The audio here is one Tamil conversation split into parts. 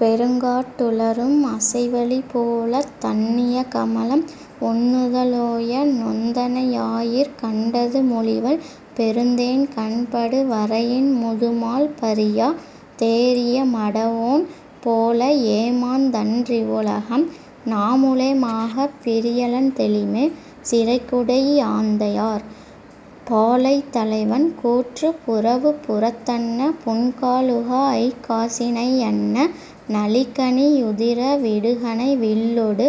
பெருங்காட் டுளரும் அசைவளி போலத் தண்ணிய கமழும் ஒண்ணுத லோயே நொந்தனை யாயிற் கண்டது மொழிவல் பெருந்தேன் கண்படு வரையின் முதுமால் பறியா தேறிய மடவோன் போல ஏமாந் தன்றிவ் வுலகம் நாமுளே மாகப் பிரியலன் தௌிமே. -சிறைக்குடி யாந்தையார்.. பாலை தலைவன் கூற்று புறவுப் புறத்தன்ன புன்கா லுகாஅய்க் காசினை யன்ன நளிகனி யுதிர விடுகணை வில்லொடு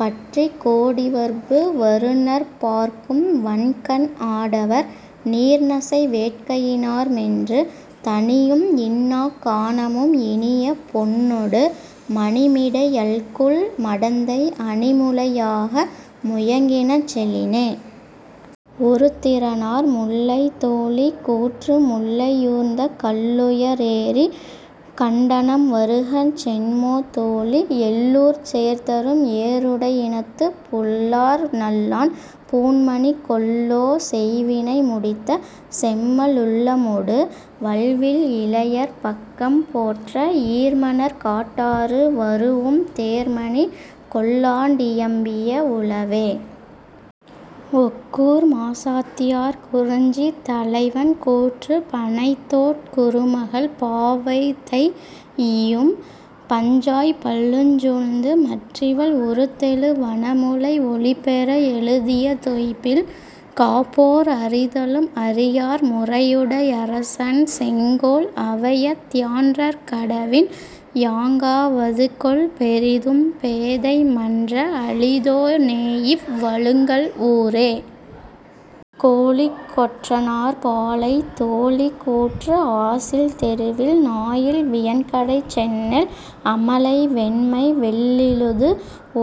பற்றிக் கோடிவர்பு வருநர்ப் பார்க்கும் வன்கண் ஆடவர் நீர்நசை வேட்கையி னார்மென்று தணியும் இன்னாக் கானமும் இனிய பொன்னொடு மணிமிடை யல்குல் மடந்தை அணிமுலை யாக முயகினஞ் செலினே. -உருத்திரனார்.. முல்லை தோழி கூற்று முல்லை யூர்ந்த கல்லுய ரேறிக் கண்டனம் வருகஞ் சென்மோ தோழி எல்லூர்ச் சேர்தரும் ஏறுடை யினத்துப் புல்லார் நல்லான் பூண்மணி கொல்லோ செய்வினை முடித்த செம்ம லுள்ளமொடு வல்வில் இளையர் பக்கம் போற்ற ஈர்மணற் காட்டாறு வரூஉம் தேர்மணி கொல்லாண் டியம்பிய வுளவே. -ஒக்கூர் மாசாத்தியார்.. குறிஞ்சி தலைவன் கூற்று பணைத்தோட் குறுமகள் பாவை தைஇயும் பஞ்சாய்ப் பள்ளஞ் சூழ்ந்து மற்றிவள் உருத்தெழு வனமுலை ஒளிபெற எழுதிய தொய்பில் காப்போர் அறிதலும் அறியார் முறையுடை யரசன் செங்கோல் அவையத் தியான்றற் கடவின் யாங்கா வதுகொல் பெரிதும் பேதை மன்ற அளிதோ னேயிவ் வழுங்கல் ஊரே. -கோழிக் கொற்றனார்.. பாலை தோழி கூற்று ஆசில் தெருவில் நாயில் வியன்கடைச் செந்நெல் அமலை வெண்மை வெள்ளிழுது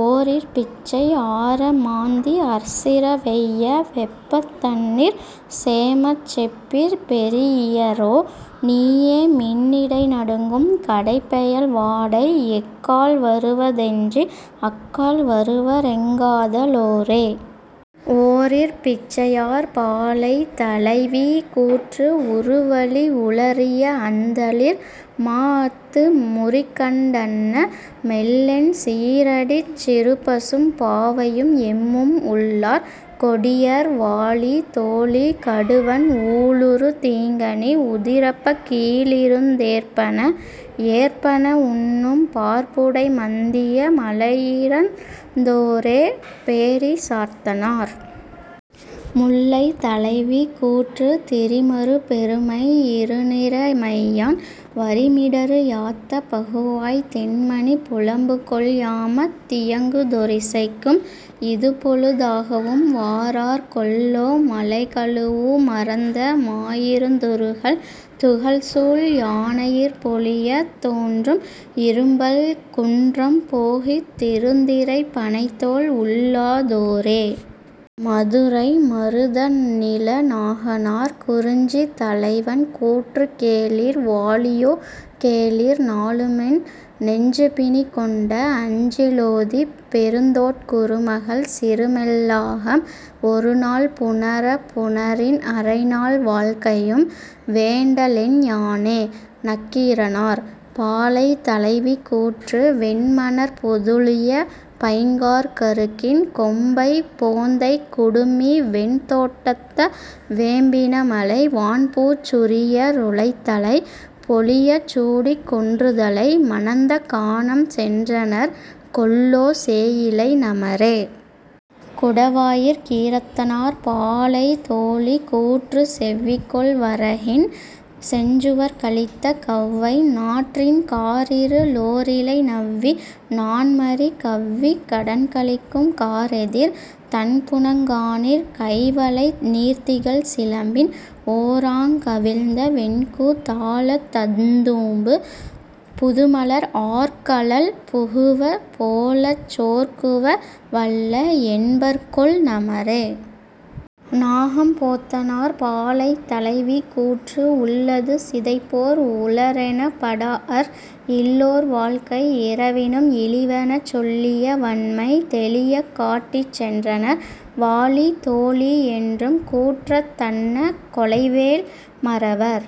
ஓரிற் பிச்சை ஆர மாந்தி அற்சிர வெய்ய வெப்பத் தண்ணீர் சேமச் செப்பிற் பெறீஇயரோ நீயே மின்னிடை நடுங்கும் கடைப்பெயல் வாடை எக்கால் வருவ தென்றி அக்கால் வருவரெங் காத லோரே. -ஓரிற் பிச்சையார்.. பாலை தலைவி கூற்று உறுவளி உளரிய அந்தளிர் மாஅத்து முறிகண் டன்ன மெல்லென் சீறடிச் சிறுபசும் பாவையும் எம்மும் உள்ளார் கொடியர் வாழி தோழி கடுவன் ஊழுறு தீங்கனி உதிர்ப்பக் கீழிருந் தேற்பன ஏற்பன உண்ணும் பார்ப்புடை மந்திய மலையிறந் தோரே. -பேரி சாத்தனார்.. முல்லை தலைவி கூற்று திரிமருப் பெருமை யிருணிற மையான் வரிமிடறு யாத்த பகுவாய்த் தெண்மணி புலம்புகொள் யாமத் தியங்குதொ றிசைக்கும் இதுபொழு தாகவும் வாரார் கொல்லோ மழைகழூஉ மறந்த மாயிருந் துறுகல் துகள்சூழ் யானையிற் பொலியத் தோன்றும் இரும்பல் குன்றம் போகித் திருந்திறைப் பணைத்தோள் உள்ளா தோரே. -மதுரை மருதனிளநாகனார்.. குறிஞ்சி தலைவன் கூற்று கேளிர் வாழியோ கேளிர் நாளுமென் நெஞ்சுபிணிக் கொண்ட அஞ்சி லோதிப் பெருந்தோட் குறுமகள் சிறுமெல் லாகம் ஒருநாள் புணரப் புணரின் அரைநாள் வாழ்க்கையும் வேண்டலென் யானே. -நக்கீரனார்.. பாலை தலைவி கூற்று வெண்மணற் பொதுளிய பைங்காற் கருக்கின் கொம்மைப் போந்தைக் குடுமி வெண்தோட் டத்த வேம்பி னமலை வான்பூச் சுரியா ருளைத்தலை பொலியச் சூடிக் குன்றுதலை மணந்த கானம் சென்றனர் கொல்லோ சேயிழை நமரே. -குடவாயிற் கீரத்தனார்.. பாலை தோழி கூற்று செவ்விகொள் வரகின் செஞ்சுவற் கலித்த கௌவை நாற்றின் காரிரு ளோரிலை நவ்வி நாண்மறி கவ்விக் கடன்கழிக்கும் காரெதிர் தண்புனங் காணிற் கைவளை நீர்திகழ் சிலம்பின் ஓராங் கவிழ்ந்த வெண்கூ தாளத் தந்தூம்பு புதுமலர் ஆர்கழல் புகுவ போலச் சோர்குவ வல்ல என்பர்கொல் நமரே. -நாகம் போத்தனார்.. பாலை தலைவி கூற்று உள்ளது சிதைப்போர் உளரெனப் படாஅர் இல்லோர் வாழ்க்கை இரவினும் இளிவெனச் சொல்லிய வன்மை தௌியக் காட்டிச் சென்றனர் வாழி தோழி யென்றும் கூற்றத் தன்ன கொலைவேல் மறவர்